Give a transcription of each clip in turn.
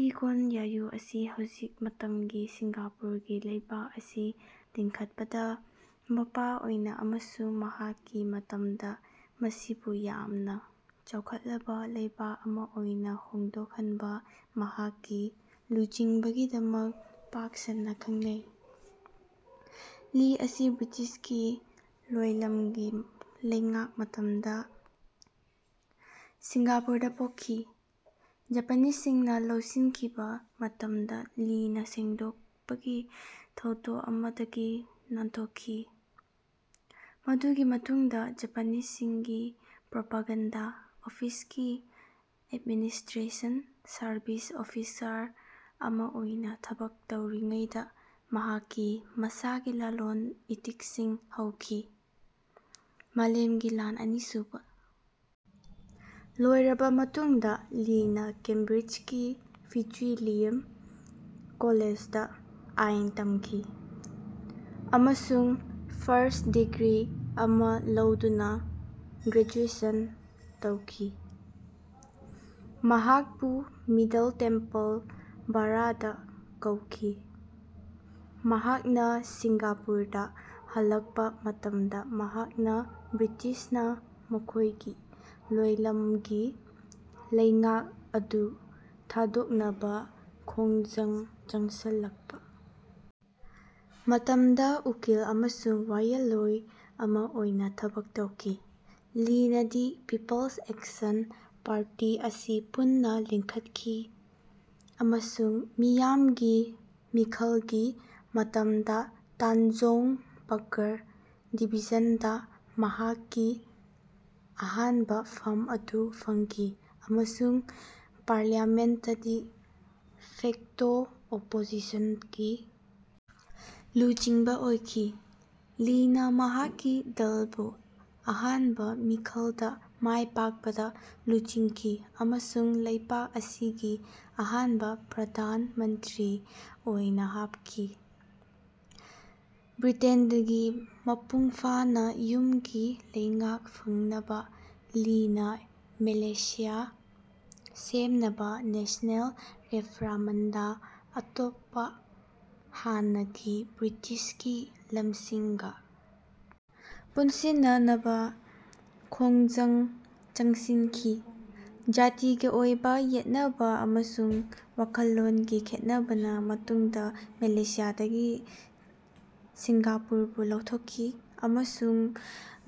ꯂꯤ ꯀꯣꯟ ꯌ꯭ꯌꯨ ꯑꯁꯤ ꯍꯧꯖꯤꯛ ꯃꯇꯝꯒꯤ ꯁꯤꯡꯒꯥꯄꯨꯔꯒꯤ ꯂꯩꯕꯥꯛ ꯑꯁꯤ ꯂꯤꯡꯈꯠꯄꯗ ꯃꯄꯥ ꯑꯣꯏꯅ ꯑꯃꯁꯨꯡ ꯃꯍꯥꯛꯀꯤ ꯃꯇꯝꯗ ꯃꯁꯤꯕꯨ ꯌꯥꯝꯅ ꯆꯥꯎꯈꯠꯂꯕ ꯂꯩꯕꯥꯛ ꯑꯃ ꯑꯣꯏꯅ ꯍꯣꯡꯗꯣꯛꯍꯟꯕ ꯃꯍꯥꯛꯀꯤ ꯂꯨꯆꯤꯡꯕꯒꯤꯗꯃꯛ ꯄꯥꯛ ꯁꯟꯅ ꯈꯡꯅꯩ꯫ ꯂꯤ ꯑꯁꯤ ꯕ꯭ꯔꯤꯇꯤꯁꯀꯤ ꯂꯣꯏꯂꯝꯒꯤ ꯂꯩꯉꯥꯛ ꯃꯇꯝꯗ ꯁꯤꯡꯒꯥꯄꯨꯔꯗ ꯄꯣꯛꯈꯤ꯫ ꯖꯥꯄꯥꯅꯤꯁ ꯁꯤꯡꯅ ꯂꯧꯁꯤꯟꯈꯤꯕ ꯃꯇꯝꯗ ꯂꯤꯅ ꯁꯦꯡꯗꯣꯛꯄꯒꯤ ꯊꯧꯗꯣꯛ ꯑꯃꯗꯒꯤ ꯅꯥꯟꯊꯣꯛꯈꯤ꯫ ꯃꯗꯨꯒꯤ ꯃꯇꯨꯡꯗ ꯖꯥꯄꯥꯅꯤꯁ ꯁꯤꯡꯒꯤ ꯄ꯭ꯔꯣꯄꯥꯒꯦꯟꯗ ꯑꯣꯐꯤꯁꯀꯤ ꯑꯦꯗꯃꯤꯅꯤꯁꯇ꯭ꯔꯦꯁꯟ ꯁꯔꯕꯤꯁ ꯑꯣꯐꯤꯁꯔ ꯑꯃ ꯑꯣꯏꯅ ꯊꯕꯛ ꯇꯧꯔꯤꯉꯩꯗ ꯃꯍꯥꯛꯀꯤ ꯃꯁꯥꯒꯤ ꯂꯂꯣꯟ ꯏꯇꯤꯛꯁꯤꯡ ꯍꯧꯈꯤ꯫ ꯃꯥꯂꯦꯝꯒꯤ ꯂꯥꯟ ꯑꯅꯤ ꯁꯨꯕ ꯂꯣꯏꯔꯕ ꯃꯇꯨꯡꯗ ꯂꯤꯅ ꯀꯦꯝꯕ꯭ꯔꯤꯖꯀꯤ ꯐꯤꯠꯖ꯭ꯋꯤꯂꯤꯌꯝ ꯀꯣꯂꯦꯖꯗ ꯑꯥꯏꯟ ꯇꯝꯈꯤ, ꯑꯃꯁꯨꯡ ꯐꯔ꯭ꯁꯠ ꯗꯤꯒ꯭ꯔꯤ ꯑꯃ ꯂꯧꯗꯨꯅ ꯒ꯭ꯔꯦꯖꯨꯑꯦꯁꯟ ꯇꯧꯈꯤ꯫ ꯃꯍꯥꯛꯄꯨ ꯃꯤꯗꯜ ꯇꯦꯝꯄꯜ ꯕꯥꯔꯗ ꯀꯧꯈꯤ꯫ ꯃꯍꯥꯛꯅ ꯁꯤꯡꯒꯥꯄꯨꯔꯗ ꯍꯜꯂꯛꯄ ꯃꯇꯝꯗ ꯃꯍꯥꯛꯅ ꯕ꯭ꯔꯤꯇꯤꯁꯅ ꯃꯈꯣꯏꯒꯤ ꯂꯣꯏꯂꯝꯒꯤ ꯂꯩꯉꯥꯛ ꯑꯗꯨ ꯊꯥꯗꯣꯛꯅꯕ ꯈꯣꯡꯖꯪ ꯆꯪꯁꯤꯜꯂꯛꯄ ꯃꯇꯝꯗ ꯎꯀꯤꯜ ꯑꯃꯁꯨꯡ ꯋꯥꯌꯦꯜꯂꯣꯏ ꯑꯃ ꯑꯣꯏꯅ ꯊꯕꯛ ꯇꯧꯈꯤ꯫ ꯂꯤꯅ ꯗꯤ ꯄꯤꯄꯜꯁ ꯑꯦꯛꯁꯟ ꯄꯥꯔꯇꯤ ꯑꯁꯤ ꯄꯨꯟꯅ ꯂꯤꯡꯈꯠꯈꯤ ꯑꯃꯁꯨꯡ ꯃꯤꯌꯥꯝꯒꯤ ꯃꯤꯈꯜꯒꯤ ꯃꯇꯝꯗ ꯇꯥꯟꯖꯣꯡ ꯄꯥꯒꯔ ꯗꯤꯕꯤꯖꯟꯗ ꯃꯍꯥꯛꯀꯤ ꯑꯍꯥꯟꯕ ꯐꯝ ꯑꯗꯨ ꯐꯪꯈꯤ ꯑꯃꯁꯨꯡ ꯄꯥꯔꯂꯤꯌꯥꯃꯦꯟꯠꯇ ꯗꯤ ꯐꯦꯛꯇꯣ ꯑꯣꯄꯣꯖꯤꯁꯟꯒꯤ ꯂꯨꯆꯤꯡꯕ ꯑꯣꯏꯈꯤ꯫ ꯂꯤꯅ ꯃꯍꯥꯛꯀꯤ ꯗꯜꯕꯨ ꯑꯍꯥꯟꯕ ꯃꯤꯈꯜꯗ ꯃꯥꯏ ꯄꯥꯛꯄꯗ ꯂꯨꯆꯤꯡꯈꯤ ꯑꯃꯁꯨꯡ ꯂꯩꯄꯥꯛ ꯑꯁꯤꯒꯤ ꯑꯍꯥꯟꯕ ꯄ꯭ꯔ꯭ꯙꯥꯟ ꯃꯟꯇ꯭ꯔꯤ ꯑꯣꯏꯅ ꯍꯥꯞꯈꯤ꯫ ꯕ꯭ꯔꯤꯇꯦꯟꯗꯒꯤ ꯃꯄꯨꯡ ꯐꯥꯅ ꯌꯨꯝꯒꯤ ꯂꯩꯉꯥꯛ ꯐꯪꯅꯕ ꯂꯤꯅ ꯃꯂꯦꯁꯤꯌꯥ ꯁꯦꯝꯅꯕ ꯅꯦꯁꯅꯦꯜ ꯔꯦꯐ꯭ꯔꯃꯥꯟꯗ ꯑꯇꯣꯞꯄ ꯍꯥꯟꯅꯒꯤ ꯕ꯭ꯔꯤꯇꯤꯁꯀꯤ ꯂꯝꯁꯤꯡꯒ ꯄꯨꯟꯁꯤꯟꯅꯅꯕ ꯈꯣꯡꯖꯪ ꯆꯪꯁꯤꯟꯈꯤ꯫ ꯖꯥꯇꯤꯒꯤ ꯑꯣꯏꯕ ꯌꯦꯠꯅꯕ ꯑꯃꯁꯨꯡ ꯋꯥꯈꯜꯂꯣꯟꯒꯤ ꯈꯦꯠꯅꯕꯅ ꯃꯇꯨꯡꯗ ꯃꯂꯦꯁꯤꯌꯥꯗꯒꯤ ꯁꯤꯡꯒꯥꯄꯨꯔꯕꯨ ꯂꯧꯊꯣꯛꯈꯤ ꯑꯃꯁꯨꯡ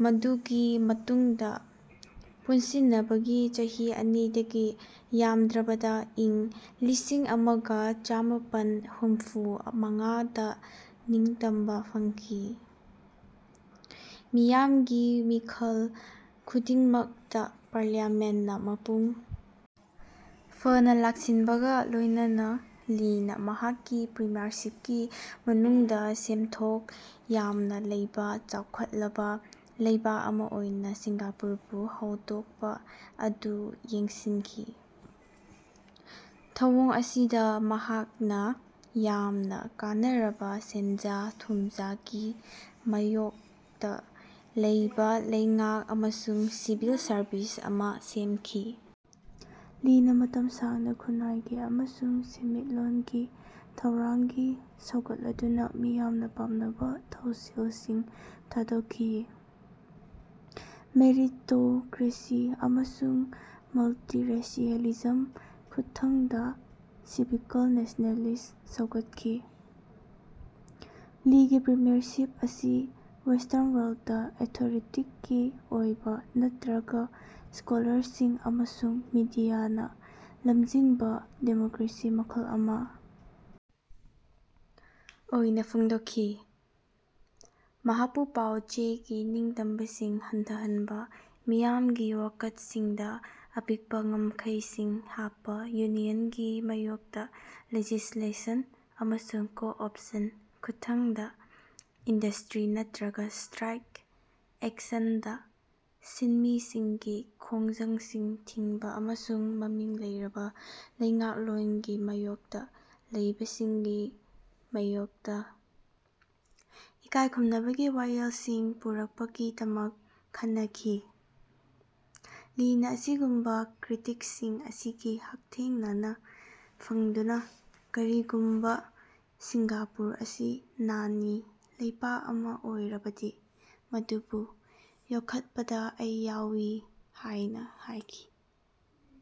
ꯃꯗꯨꯒꯤ ꯃꯇꯨꯡꯗ ꯄꯨꯟꯁꯤꯟꯅꯕꯒꯤ ꯆꯍꯤ ꯑꯅꯤꯗꯒꯤ ꯌꯥꯝꯗ꯭ꯔꯕꯗ ꯏꯪ ꯂꯤꯁꯤꯡ ꯑꯃꯒ ꯆꯃꯥꯄꯟ ꯍꯨꯝꯐꯨ ꯃꯉꯥꯗ ꯅꯤꯡꯇꯝꯕ ꯐꯪꯈꯤ꯫ ꯃꯤꯌꯥꯝꯒꯤ ꯃꯤꯈꯜ ꯈꯨꯗꯤꯡꯃꯛꯇ ꯄꯥꯔꯂꯤꯌꯥꯃꯦꯟꯠꯅ ꯃꯄꯨꯡ ꯐꯥꯅ ꯂꯥꯛꯁꯤꯟꯕꯒ ꯂꯣꯏꯅꯅ, ꯂꯤꯅ ꯃꯍꯥꯛꯀꯤ ꯄ꯭ꯔꯤꯃ꯭ꯌꯔꯁꯤꯞꯀꯤ ꯃꯅꯨꯡꯗ ꯁꯦꯟꯊꯣꯛ ꯌꯥꯝꯅ ꯂꯩꯕ ꯆꯥꯎꯈꯠꯂꯕ ꯂꯩꯕꯥꯛ ꯑꯃ ꯑꯣꯏꯅ ꯁꯤꯡꯒꯥꯄꯨꯔꯕꯨ ꯍꯣꯡꯗꯣꯛꯄ ꯑꯗꯨ ꯌꯦꯡꯁꯤꯟꯈꯤ꯫ ꯊꯧꯑꯣꯡ ꯑꯁꯤꯗ ꯃꯍꯥꯛꯅ ꯌꯥꯝꯅ ꯀꯥꯟꯅꯔꯕ ꯁꯦꯟꯖꯥ ꯊꯨꯝꯖꯥꯒꯤ ꯃꯥꯌꯣꯛꯇ ꯂꯩꯕ ꯂꯩꯉꯥꯛ ꯑꯃꯁꯨꯡ ꯁꯤꯚꯤꯜ ꯁꯔꯕꯤꯁ ꯑꯃ ꯁꯦꯝꯈꯤ꯫ ꯂꯤꯅ ꯃꯇꯝ ꯁꯥꯡꯅ ꯈꯨꯅꯥꯏꯒꯤ ꯑꯃꯁꯨꯡ ꯁꯦꯟꯃꯤꯠꯂꯣꯟꯒꯤ ꯊꯧꯔꯥꯡꯒꯤ ꯁꯧꯒꯠꯂꯗꯨꯅ ꯃꯤꯌꯥꯝꯅ ꯄꯥꯝꯅꯕ ꯊꯧꯁꯤꯜꯁꯤꯡ ꯊꯥꯗꯣꯛꯈꯤ꯫ꯃꯦꯔꯤꯇꯣꯀ꯭ꯔꯦꯁꯤ ꯑꯃꯁꯨꯡ ꯃꯜꯇꯤꯔꯥꯁꯤꯌꯦꯂꯤꯖꯝ ꯈꯨꯠꯊꯥꯡꯗ ꯁꯤꯚꯤꯀꯜ ꯅꯦꯁꯅꯦꯂꯤꯁꯠ ꯁꯧꯒꯠꯈꯤ꯫ ꯂꯤꯒꯤ ꯄ꯭ꯔꯤꯃ꯭ꯌꯔꯁꯤꯞ ꯑꯁꯤ ꯋꯦꯁꯇꯔꯟ ꯋꯔꯜꯗ ꯑꯦꯊꯣꯔꯦꯇꯤꯛꯀꯤ ꯑꯣꯏꯕ ꯅꯠꯇ꯭ꯔꯒ ꯁ꯭ꯀꯣꯂꯔꯁꯤꯡ ꯑꯃꯁꯨꯡ ꯃꯤꯗꯤꯌꯥꯅ ꯂꯝꯖꯤꯡꯕ ꯗꯦꯃꯣꯀ꯭ꯔꯦꯁꯤ ꯃꯈꯜ ꯑꯃ ꯑꯣꯏꯅ ꯐꯣꯡꯗꯣꯛꯈꯤ꯫ ꯃꯍꯥꯛꯄꯨ ꯄꯥꯎ ꯆꯦꯒꯤ ꯅꯤꯡꯇꯝꯕꯁꯤꯡ ꯍꯟꯊꯍꯟꯕ ꯃꯤꯌꯥꯝꯒꯤ ꯋꯥꯀꯠꯁꯤꯡꯗ ꯑꯄꯤꯛꯄ ꯉꯝꯈꯩꯁꯤꯡ ꯍꯥꯞꯄ ꯌꯨꯅꯤꯌꯟꯒꯤ ꯃꯥꯌꯣꯛꯇ ꯂꯦꯖꯤꯁꯂꯦꯁꯟ ꯑꯃꯁꯨꯡ ꯀꯣ ꯑꯣꯞꯁꯟ ꯈꯨꯠꯊꯥꯡꯗ ꯏꯟꯗꯁꯇ꯭ꯔꯤ ꯅꯠꯇ꯭ꯔꯒ ꯁ꯭ꯇ꯭ꯔꯥꯏꯛ ꯑꯦꯛꯁꯟꯗ ꯁꯤꯟꯃꯤꯁꯤꯡꯒꯤ ꯈꯣꯡꯖꯪꯁꯤꯡ ꯊꯤꯡꯕ ꯑꯃꯁꯨꯡ ꯃꯃꯤꯡ ꯂꯩꯔꯕ ꯂꯩꯉꯥꯛꯂꯣꯟꯒꯤ ꯃꯥꯌꯣꯛꯇ ꯂꯩꯕꯁꯤꯡꯒꯤ ꯃꯥꯌꯣꯛꯇ ꯏꯀꯥꯏꯈꯨꯝꯅꯕꯒꯤ ꯋꯥꯌꯦꯜꯁꯤꯡ ꯄꯨꯔꯛꯄꯒꯤꯗꯃꯛ ꯈꯟꯅꯈꯤ꯫ ꯂꯤꯅ ꯑꯁꯤꯒꯨꯝꯕ ꯀ꯭ꯔꯤꯇꯤꯛꯁꯤꯡ ꯑꯁꯤꯒꯤ ꯍꯛꯊꯦꯡꯅꯅ ꯐꯡꯗꯨꯅ "ꯀꯔꯤꯒꯨꯝꯕ ꯁꯤꯡꯒꯥꯄꯨꯔ ꯑꯁꯤ ꯅꯥꯅꯤ ꯂꯩꯄꯥꯛ ꯑꯃ ꯑꯣꯏꯔꯕꯗꯤ, ꯃꯗꯨꯕꯨ ꯌꯣꯛꯈꯠꯄꯗ ꯑꯩ ꯌꯥꯎꯏ" ꯍꯥꯏꯅ ꯍꯥꯏꯈꯤ꯫